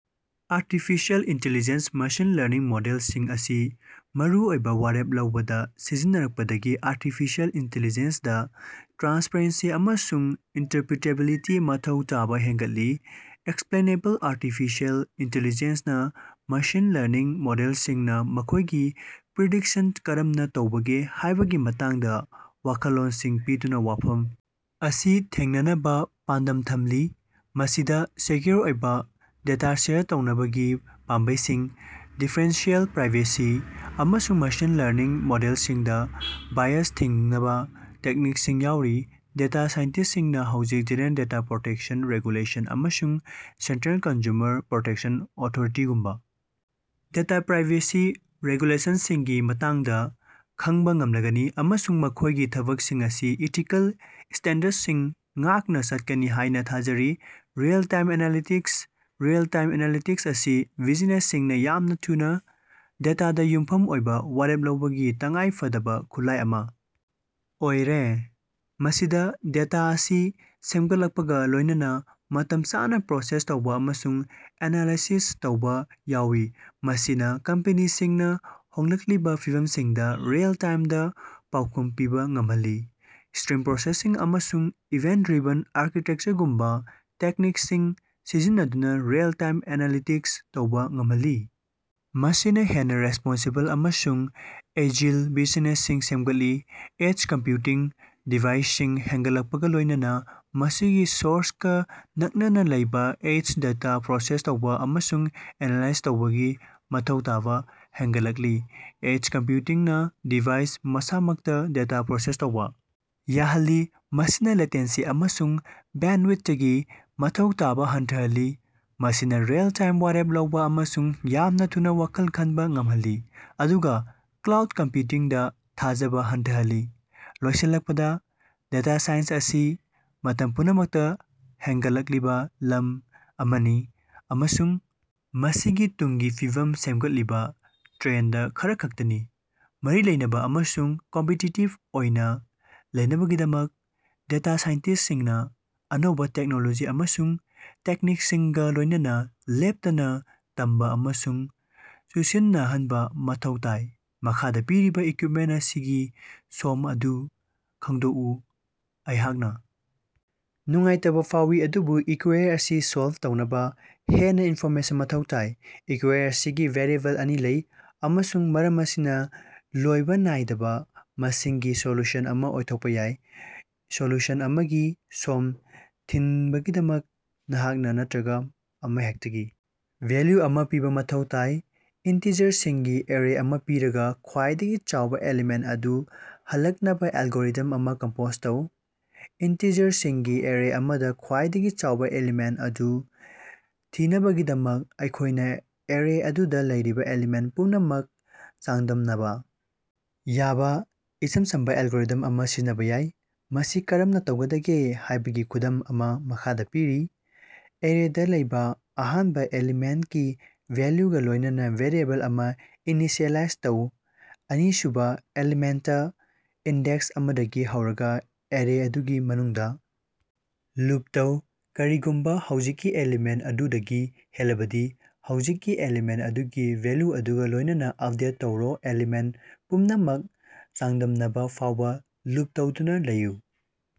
Artificial intelligence machine learning ꯃꯣꯗꯦꯜꯁꯤꯡ ꯑꯁꯤ ꯃꯔꯨꯑꯣꯏꯕꯥ ꯋꯥꯔꯦꯞ ꯂꯧꯕꯗꯥ ꯁꯤꯖꯤꯟꯅꯔꯛꯄꯗꯒꯤ ꯑꯥꯔꯇꯤꯐꯤꯁꯤꯑꯦꯜ ꯏꯟꯇꯤꯂꯤꯖ‌ꯦꯟꯁꯗꯥ ꯇ꯭ꯔꯥꯟꯁꯄꯔꯦꯟꯁꯤ ꯑꯃꯁꯨꯡ ꯏꯟꯇꯔꯄꯔꯤꯇꯦꯕꯤꯂꯤꯇꯤꯒꯤ ꯃꯊꯧ ꯇꯥꯕ ꯍꯦꯟꯒꯠꯂꯤ꯫ ꯑꯦꯛꯁꯄꯂꯦꯅꯦꯕꯜ ꯑꯥꯔꯇꯤꯐꯤꯁꯤꯑꯦꯜ ꯏꯟꯇꯤꯂꯤꯖ‌ꯦꯟꯁꯅꯥ ꯃꯦꯁꯤꯟ ꯂꯔꯅꯤꯡ ꯃꯣꯗꯦꯜꯁꯤꯡꯅꯥ ꯃꯈꯣꯏꯒꯤ ꯄ꯭ꯔꯤꯗꯤꯛꯁꯟꯁꯤꯡ ꯀꯔꯝꯅꯥ ꯇꯧꯕꯒꯦ ꯍꯥꯏꯕꯒꯤ ꯃꯇꯥꯡꯗꯥ ꯋꯥꯈꯜꯂꯣꯟꯁꯤꯡ ꯄꯤꯗꯨꯅꯥ ꯋꯥꯐꯝ ꯑꯁꯤ ꯊꯦꯡꯅꯅꯕꯥ ꯄꯥꯟꯗꯝ ꯊꯝꯂꯤ꯫ ꯃꯁꯤꯗꯥ ꯁꯦꯛꯌꯨꯔ ꯑꯣꯏꯕꯥ ꯗꯦꯇꯥ ꯁꯦꯌꯔ ꯇꯧꯅꯕꯒꯤ ꯄꯥꯝꯕꯩꯁꯤꯡ, ꯗꯤꯐꯦꯟꯁꯤꯌꯦꯜ ꯄ꯭ꯔꯥꯏꯚꯦꯁꯤ, ꯑꯃꯁꯨꯡ ꯃꯦꯁꯤꯟ ꯂꯔꯅꯤꯡ ꯃꯣꯗꯦꯜꯁꯤꯡꯗꯥ ꯕꯥꯏꯁ ꯊꯤꯡꯅꯕ ꯇꯦꯛꯅꯤꯛꯁꯤꯡ ꯌꯥꯎꯔꯤ꯫ ꯗꯦꯇꯥ ꯁꯥꯏꯟꯇꯤꯁ꯭ꯇꯁꯤꯡꯅ ꯍꯧꯖꯤꯛ ꯖ‌ꯦꯅꯔ‌ꯦꯜ ꯗꯦꯇꯥ ꯄꯔ‌ꯣꯇ‌ꯦꯛꯁꯟ ꯔ‌ꯦꯒꯨꯂ‌ꯦꯁꯟ ꯑꯃꯁꯨꯡ ꯁ‌ꯦꯟꯇꯔ‌ꯦꯜ ꯀꯟꯖꯌꯨꯃꯔ ꯄꯔ‌ꯣꯇ‌ꯦꯛꯁꯟ ꯑꯣꯊ‌ꯣꯔꯤꯇꯤꯒꯨꯝꯕꯥ ꯗꯦꯇꯥ ꯄ꯭ꯔꯥꯏꯕꯦꯁꯤ ꯔꯦꯒꯨꯂꯦꯁꯟꯁꯤꯡꯒꯤ ꯃꯇꯥꯡꯗꯥ ꯈꯪꯕꯥ ꯉꯝꯂꯒꯅꯤ, ꯑꯃꯁꯨꯡ ꯃꯈꯣꯏꯒꯤ ꯊꯕꯛꯁꯤꯡ ꯑꯁꯤ ꯏꯊꯤꯀꯦꯜ ꯁ꯭ꯇꯦꯟꯗꯔꯗꯁꯤꯡ ꯉꯥꯛꯅ ꯆꯠꯀꯅꯤ ꯍꯥꯏꯅꯥ ꯊꯥꯖꯔꯤ꯫ ꯔꯤꯑꯦꯜ-ꯇꯥꯏꯝ ꯑꯦꯅꯥꯂꯥꯏꯇꯤꯛꯁ: ꯔꯤꯑꯦꯜ-ꯇꯥꯏꯝ ꯑꯦꯅꯥꯂꯥꯏꯇꯤꯛꯁ ꯑꯁꯤ ꯕꯤꯖꯤꯅꯦꯁꯁꯤꯡꯅꯥ ꯌꯥꯝꯅꯥ ꯊꯨꯅꯥ, ꯗꯦꯇꯥꯗ ꯌꯨꯝꯐꯝ ꯑꯣꯏꯕ ꯋꯥꯔꯦꯞ ꯂꯧꯕꯒꯤ ꯇꯉꯥꯏ ꯐꯗꯕ ꯈꯨꯠꯂꯥꯏ ꯑꯃꯥ ꯑꯣꯏꯔꯦ꯫ ꯃꯁꯤꯗ ꯗꯦꯇꯥ ꯑꯁꯤ ꯁꯦꯝꯒꯠꯂꯛꯄꯒ ꯂꯣꯏꯅꯅꯥ ꯃꯇꯝ ꯆꯥꯅꯥ ꯄ꯭ꯔꯣꯁꯦꯁ ꯇꯧꯕ ꯑꯃꯁꯨꯡ ꯑꯦꯅꯥꯂꯥꯏꯁꯤꯁ ꯇꯧꯕ ꯌꯥꯎꯏ, ꯃꯁꯤꯅ ꯀꯝꯄꯦꯅꯤꯁꯤꯡꯅ ꯍꯣꯡꯂꯛꯂꯤꯕ ꯐꯤꯚꯝꯁꯤꯡꯗ ꯔꯤꯑꯦꯜ-ꯇꯥꯏꯝꯗ ꯄꯥꯎꯈꯨꯝ ꯄꯤꯕ ꯉꯝꯍꯜꯂꯤ꯫ ꯁ꯭ꯇꯔꯤꯝ ꯄ꯭ꯔꯣꯁꯦꯁꯤꯡ ꯑꯃꯁꯨꯡ ꯏꯚꯦꯟꯇ-ꯗ꯭ꯔꯥꯏꯚꯟ ꯑꯥꯔꯀꯤꯇꯦꯛꯆꯔꯒꯨꯝꯕꯥ ꯇꯦꯛꯅꯤꯛꯁꯤꯡ ꯁꯤꯖꯤꯟꯅꯗꯨꯅ ꯔꯤꯑꯦꯜ-ꯇꯥꯏꯝ ꯑꯦꯅꯥꯂꯥꯏꯇꯤꯛꯁ ꯇꯧꯕꯥ ꯉꯝꯍꯜꯂꯤ, ꯃꯁꯤꯅꯥ ꯍꯦꯟꯅꯥ ꯔꯦꯁ꯭ꯄꯣꯟꯁꯤꯕꯜ ꯑꯃꯁꯨꯡ ꯑꯦꯖꯤꯜ ꯕꯤꯖꯤꯅꯦꯁꯁꯤꯡ ꯁꯦꯝꯒꯠꯂꯤ꯫ ꯑꯦꯖ ꯀꯝꯄꯌꯨꯇꯤꯡ: ꯗꯤꯚꯥꯏꯁꯁꯤꯡ ꯍꯦꯟꯒꯠꯂꯛꯄꯒꯥ ꯂꯣꯏꯅꯅꯥ, ꯃꯁꯤꯒꯤ ꯁꯣꯔꯁꯀ ꯅꯛꯅꯅꯥ ꯂꯩꯕ ꯑꯦꯖꯗꯥ ꯗꯦꯇꯥ ꯄ꯭ꯔꯣꯁꯦꯁ ꯇꯧꯕꯥ ꯑꯃꯁꯨꯡ ꯑꯦꯅꯥꯂꯥꯏꯖ ꯇꯧꯕꯒꯤ ꯃꯊꯧ ꯇꯥꯕꯥ ꯍꯦꯟꯒꯠꯂꯛꯂꯤ꯫ ꯑꯦꯖ ꯀꯝꯄꯌꯨꯇꯤꯡꯅꯥ ꯗꯤꯚꯥꯏꯁ ꯃꯁꯥꯃꯛꯇꯗ ꯗꯦꯇꯥ ꯄ꯭ꯔꯣꯁꯦꯁ ꯇꯧꯕꯥ ꯌꯥꯍꯜꯂꯤ, ꯃꯁꯤꯅꯥ ꯂꯦꯇꯦꯟꯁꯤ ꯑꯃꯁꯨꯡ ꯕꯦꯟꯗꯋꯤꯊꯀꯤ ꯃꯊꯧ ꯇꯥꯕꯥ ꯍꯟꯊꯍꯜꯂꯤ꯫ ꯃꯁꯤꯅꯥ ꯔꯤꯑꯦꯜ-ꯇꯥꯏꯝ ꯋꯥꯔꯦꯞ ꯂꯧꯕꯥ ꯑꯃꯁꯨꯡ ꯌꯥꯝꯅꯥ ꯊꯨꯅꯥ ꯋꯥꯈꯜ ꯈꯟꯕ ꯉꯝꯍꯜꯂꯤ, ꯑꯗꯨꯒ ꯀ꯭ꯂꯥꯎꯗ ꯀꯝꯄꯌꯨꯇꯤꯡꯗꯥ ꯊꯥꯖꯕꯥ ꯍꯟꯊꯍꯜꯂꯤ꯫ ꯂꯣꯏꯁꯤꯜꯂꯛꯄꯗꯥ, ꯗꯦꯇꯥ ꯁꯥꯏꯟꯁ ꯑꯁꯤ ꯃꯇꯝ ꯄꯨꯝꯅꯃꯛꯇꯥ ꯍꯦꯟꯒꯠꯂꯛꯂꯤꯕꯥ ꯂꯝ ꯑꯃꯅꯤ, ꯑꯃꯁꯨꯡ ꯃꯁꯤꯒꯤ ꯇꯨꯡꯒꯤ ꯐꯤꯕꯝ ꯁꯦꯝꯒꯠꯂꯤꯕꯥ ꯇ꯭ꯔꯦꯟꯗ ꯈꯔꯈꯛꯇꯅꯤ꯫ ꯃꯔꯤ ꯂꯩꯅꯕꯥ ꯑꯃꯁꯨꯡ ꯀꯝꯄꯤꯇꯤꯇꯤꯕ ꯑꯣꯏꯅ ꯂꯩꯅꯕꯒꯤꯗꯃꯛ ꯗꯦꯇꯥ ꯁꯥꯏꯟꯇꯤꯁ꯭ꯇꯁꯤꯡꯅꯥ ꯑꯅꯧꯕ ꯇꯦꯛꯅꯣꯂꯣꯖꯤ ꯑꯃꯁꯨꯡ ꯇꯦꯛꯅꯤꯛꯁꯤꯡꯒꯥ ꯂꯣꯏꯅꯅꯥ ꯂꯦꯞꯇꯅ ꯇꯝꯕꯥ ꯑꯃꯁꯨꯡ ꯆꯨꯁꯤꯟꯅꯍꯟꯕ ꯃꯊꯧ ꯇꯥꯏ꯫ ꯃꯈꯥꯗꯥ ꯄꯤꯔꯤꯕꯥ ꯏꯀꯌꯨꯏꯞꯃꯦꯟꯇ ꯑꯁꯤꯒꯤ ꯁꯣꯝ ꯑꯗꯨ ꯈꯪꯗꯣꯛꯎ꯫ ꯑꯩꯍꯥꯛꯅ ꯅꯨꯡꯉꯥꯏꯇꯕ ꯐꯥꯎꯏ, ꯑꯗꯨꯕꯨ ꯏꯀꯌꯨꯏꯌꯔ ꯑꯁꯤ ꯁꯣꯜꯕ ꯇꯧꯅꯕ ꯍꯦꯟꯅ ꯏꯟꯐꯣꯔꯃꯦꯁꯟ ꯃꯊꯧ ꯇꯥꯏ꯫ ꯏꯀꯌꯨꯏꯌꯔ ꯑꯁꯤꯒꯤ ꯚꯦꯔꯤꯑꯦꯕꯜ ꯑꯅꯤ ꯂꯩ, ꯑꯃꯁꯨꯡ ꯃꯔꯝ ꯑꯁꯤꯅꯥ ꯂꯣꯏꯕ ꯅꯥꯏꯗꯕ ꯃꯁꯤꯡꯒꯤ ꯁꯣꯂꯨꯁꯟ ꯑꯃꯥ ꯑꯣꯏꯊꯣꯛꯄꯥ ꯌꯥꯏ꯫ ꯁꯣꯂꯨꯁꯟ ꯑꯃꯒꯤ ꯁꯣꯝ ꯊꯤꯟꯕꯒꯤꯗꯃꯛ, ꯅꯍꯥꯛꯅ ꯅꯠꯇꯔꯒ ꯑꯃꯍꯦꯛꯇꯒꯤ ꯚꯦꯜꯌꯨ ꯑꯃꯥ ꯄꯤꯕꯥ ꯃꯊꯧ ꯇꯥꯏ꯫ ꯏꯟꯇꯤꯖꯔꯁꯤꯡꯒꯤ ꯑꯦꯔꯦ ꯑꯃꯥ ꯄꯤꯔꯒꯥ, ꯈ꯭ꯋꯥꯏꯗꯒꯤ ꯆꯥꯎꯕ ꯑꯦꯂꯤꯃꯦꯟꯠ ꯑꯗꯨ ꯍꯜꯂꯛꯅꯕ ꯑꯦꯜꯒꯣꯔꯤꯊꯝ ꯑꯃꯥ ꯀꯝꯄꯣꯖ ꯇꯧ꯫ ꯏꯟꯇꯤꯖꯔꯁꯤꯡꯒꯤ ꯑꯦꯔꯦ ꯑꯃꯗꯥ ꯈ꯭ꯋꯥꯏꯗꯒꯤ ꯆꯥꯎꯕ ꯑꯦꯂꯤꯃꯦꯟꯇ ꯑꯗꯨ ꯊꯤꯅꯕꯒꯤꯗꯃꯛ ꯑꯩꯈꯣꯏꯅꯥ ꯑꯦꯔꯦ ꯑꯗꯨꯗ ꯂꯩꯔꯤꯕꯥ ꯑꯦꯂꯤꯃꯦꯟꯇ ꯄꯨꯝꯅꯃꯛ ꯆꯥꯡꯗꯝꯅꯕꯥ ꯌꯥꯕꯥ ꯏꯆꯝ ꯆꯝꯕꯥ ꯑꯦꯜꯒꯣꯔꯤꯊꯝ ꯑꯃꯥ ꯁꯤꯖꯤꯟꯅꯕꯥ ꯌꯥꯏ꯫ ꯃꯁꯤ ꯀꯔꯝꯅꯥ ꯇꯧꯒꯗꯒꯦ ꯍꯥꯏꯕꯒꯤ ꯈꯨꯗꯝ ꯑꯃꯥ ꯃꯈꯥꯗ ꯄꯤꯔꯤ: ꯑꯦꯔꯦꯗ ꯂꯩꯕ ꯑꯍꯥꯟꯕ ꯑꯦꯂꯤꯃꯦꯟꯇꯀꯤ ꯚꯦꯜꯌꯨꯒ ꯂꯣꯏꯅꯅꯥ ꯚꯦꯔꯤꯑꯦꯕꯜ ꯑꯃ ꯏꯅꯤꯁꯤꯑꯦꯂꯥꯏꯖ ꯇꯧ꯫ ꯑꯅꯤꯁꯨꯕ ꯑꯦꯂꯤꯃꯦꯟꯇ ꯏꯟꯗꯦꯛꯁ ꯑꯃꯗꯒꯤ ꯍꯧꯔꯒ ꯑꯦꯔꯦ ꯑꯗꯨꯒꯤ ꯃꯅꯨꯡꯗ ꯂꯨꯞ ꯇꯧ꯫ ꯀꯔꯤꯒꯨꯝꯕ ꯍꯧꯖꯤꯛꯀꯤ ꯑꯦꯂꯤꯃꯦꯟꯇ ꯑꯗꯨ ꯗꯒꯤ ꯍꯦꯜꯂꯕꯗꯤ, ꯍꯧꯖꯤꯛꯀꯤ ꯑꯦꯂꯤꯃꯦꯟꯇ ꯑꯗꯨꯒꯤ ꯚꯦꯜꯌꯨ ꯑꯗꯨꯒꯥ ꯂꯣꯏꯅꯅꯥ ꯑꯞꯗꯦꯠ ꯇꯧꯔꯣ ꯑꯦꯂꯤꯃꯦꯟꯇ ꯄꯨꯝꯅꯃꯛ ꯆꯥꯡꯗꯝꯅꯕꯥ ꯐꯥꯎꯕ ꯂꯨꯞ ꯇꯧꯗꯨꯅꯥ ꯂꯩꯌꯨ꯫